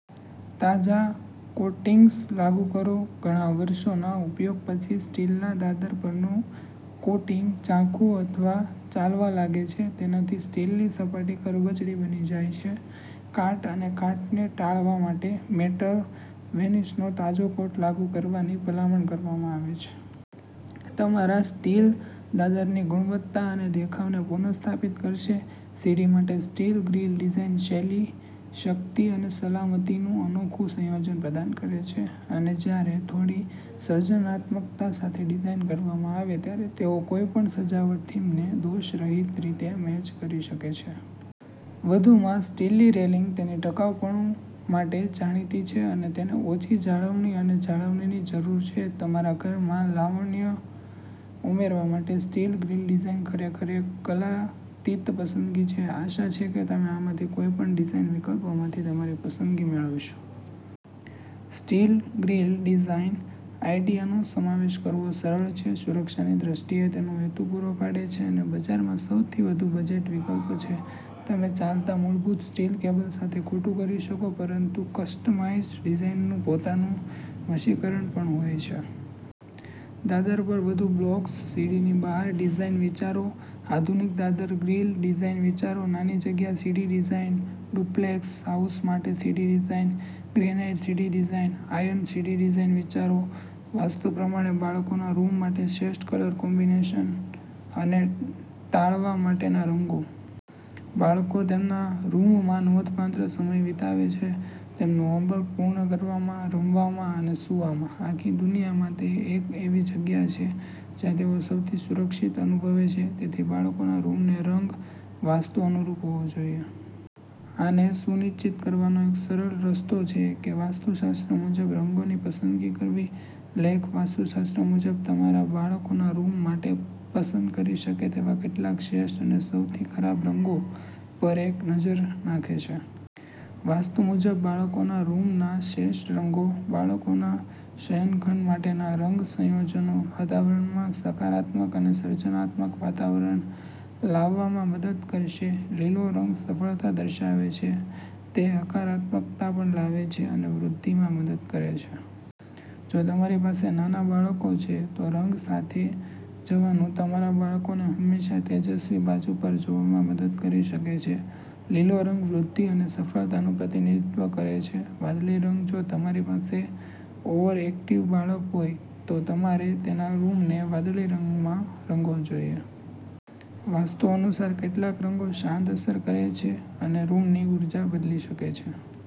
તાજા કોટિંગ્સ લાગુ કરો. ઘણા વર્ષોના ઉપયોગ પછી સ્ટીલના દાદર પરનું કોટિંગ ઝાંખું અથવા છાલવા લાગે છે. તેનાથી સ્ટીલની સપાટી ખરબચડી બની જાય છે. કાટ અને કાટને ટાળવા માટે, મેટલ વેનિશનો તાજો કોટ લાગુ કરવાની ભલામણ કરવામાં આવે છે. તમારા સ્ટીલ દાદરની ગુણવત્તા અને દેખાવને પુનઃસ્થાપિત કરશે. સીડી માટે સ્ટીલ ગ્રીલ ડિઝાઇન શૈલી, શક્તિ અને સલામતીનું અનોખું સંયોજન પ્રદાન કરે છે. અને જ્યારે થોડી સર્જનાત્મકતા સાથે ડિઝાઇન કરવામાં આવે છે, ત્યારે તેઓ કોઈપણ સજાવટ થીમને દોષરહિત રીતે મેચ કરી શકે છે. વધુમાં, સ્ટીલની રેલિંગ તેની ટકાઉપણું માટે જાણીતી છે અને તેને ઓછી જાળવણી અને જાળવણીની જરૂર છે. તમારા ઘરમાં લાવણ્ય ઉમેરવા માટે સ્ટીલ ગ્રીલ ડિઝાઇન ખરેખર એક કાલાતીત પસંદગી છે. આશા છે કે તમે આમાંથી કોઈપણ ડિઝાઇન વિકલ્પોમાંથી તમારી પસંદગી મેળવશો. સ્ટીલ ગ્રીલ ડિઝાઇન આઇડિયાનો સમાવેશ કરવો સરળ છે. સુરક્ષાની દ્રષ્ટિએ તેનો હેતુ પૂરો પાડે છે અને બજારમાં સૌથી વધુ બજેટ વિકલ્પ છે. તમે ચાલતા મૂળભૂત સ્ટીલ કેબલ સાથે ખોટું કરી શકો પરંતુ કસ્ટમાઇઝ્ડ ડિઝાઇન્સનું પોતાનું વશીકરણ પણ હોય છે. દાદર પર વધુ બ્લોગ્સ સીડીની બહાર ડિઝાઇન વિચારો. આધુનિક દાદર ગ્રીલ ડિઝાઇન વિચારો. નાની જગ્યા સીડી ડિઝાઇન, ડુપ્લેક્સ હાઉસ માટે સીડી ડિઝાઇન, ગ્રેનાઈટ સીડી ડિઝાઇન, આયર્ન સીડી ડિઝાઇન વિચારો. વાસ્તુ પ્રમાણે બાળકોના રૂમ માટે શ્રેષ્ઠ કલર કોમ્બિનેશન અને ટાળવા માટેના રંગો. બાળકો તેમના રૂમમાં નોંધપાત્ર સમય વિતાવે છે. તેમનું હોમવર્ક પૂર્ણ કરવામાં, રમવામાં અને સૂવામાં. આખી દુનિયામાં તે એક એવી જગ્યા છે જ્યાં તેઓ સૌથી સુરક્ષિત અનુભવે છે. તેથી, બાળકોના રૂમનો રંગ વાસ્તુ અનુરૂપ હોવો જોઈએ. આને સુનિશ્ચિત કરવાનો એક સરળ રસ્તો છે કે વાસ્તુશાસ્ત્ર મુજબ રંગોની પસંદગી કરવી. લેખ વાસ્તુશાસ્ત્ર મુજબ તમારા બાળકોના રૂમ માટે પસંદ કરી શકે તેવા કેટલાક શ્રેષ્ઠ અને સૌથી ખરાબ રંગો પર એક નજર નાખે છે. વાસ્તુ મુજબ બાળકોના રૂમના શ્રેષ્ઠ રંગો, બાળકોના શયનખંડ માટેના રંગ સંયોજનો વાતાવરણમાં સકારાત્મક અને સર્જનાત્મક વાતાવરણ લાવવામાં મદદ કરશે. લીલો રંગ સફળતા દર્શાવે છે. તે હકારાત્મકતા પણ લાવે છે અને વૃદ્ધિમાં મદદ કરે છે. જો તમારી પાસે નાના બાળકો છે, તો રંગ સાથે જવાનું તમારા બાળકોને હંમેશા તેજસ્વી બાજુ પર જોવામાં મદદ કરી શકે છે. લીલો રંગ વૃદ્ધિ અને સફળતાનું પ્રતિનિધિત્વ કરે છે. વાદળી રંગ જો તમારી પાસે ઓવરએક્ટિવ બાળક હોય, તો તમારે તેના રૂમને વાદળી રંગમાં રંગવો જોઈએ. વાસ્તુ અનુસાર કેટલાક રંગો શાંત અસર કરે છે અને રૂમની ઊર્જા બદલી શકે છે.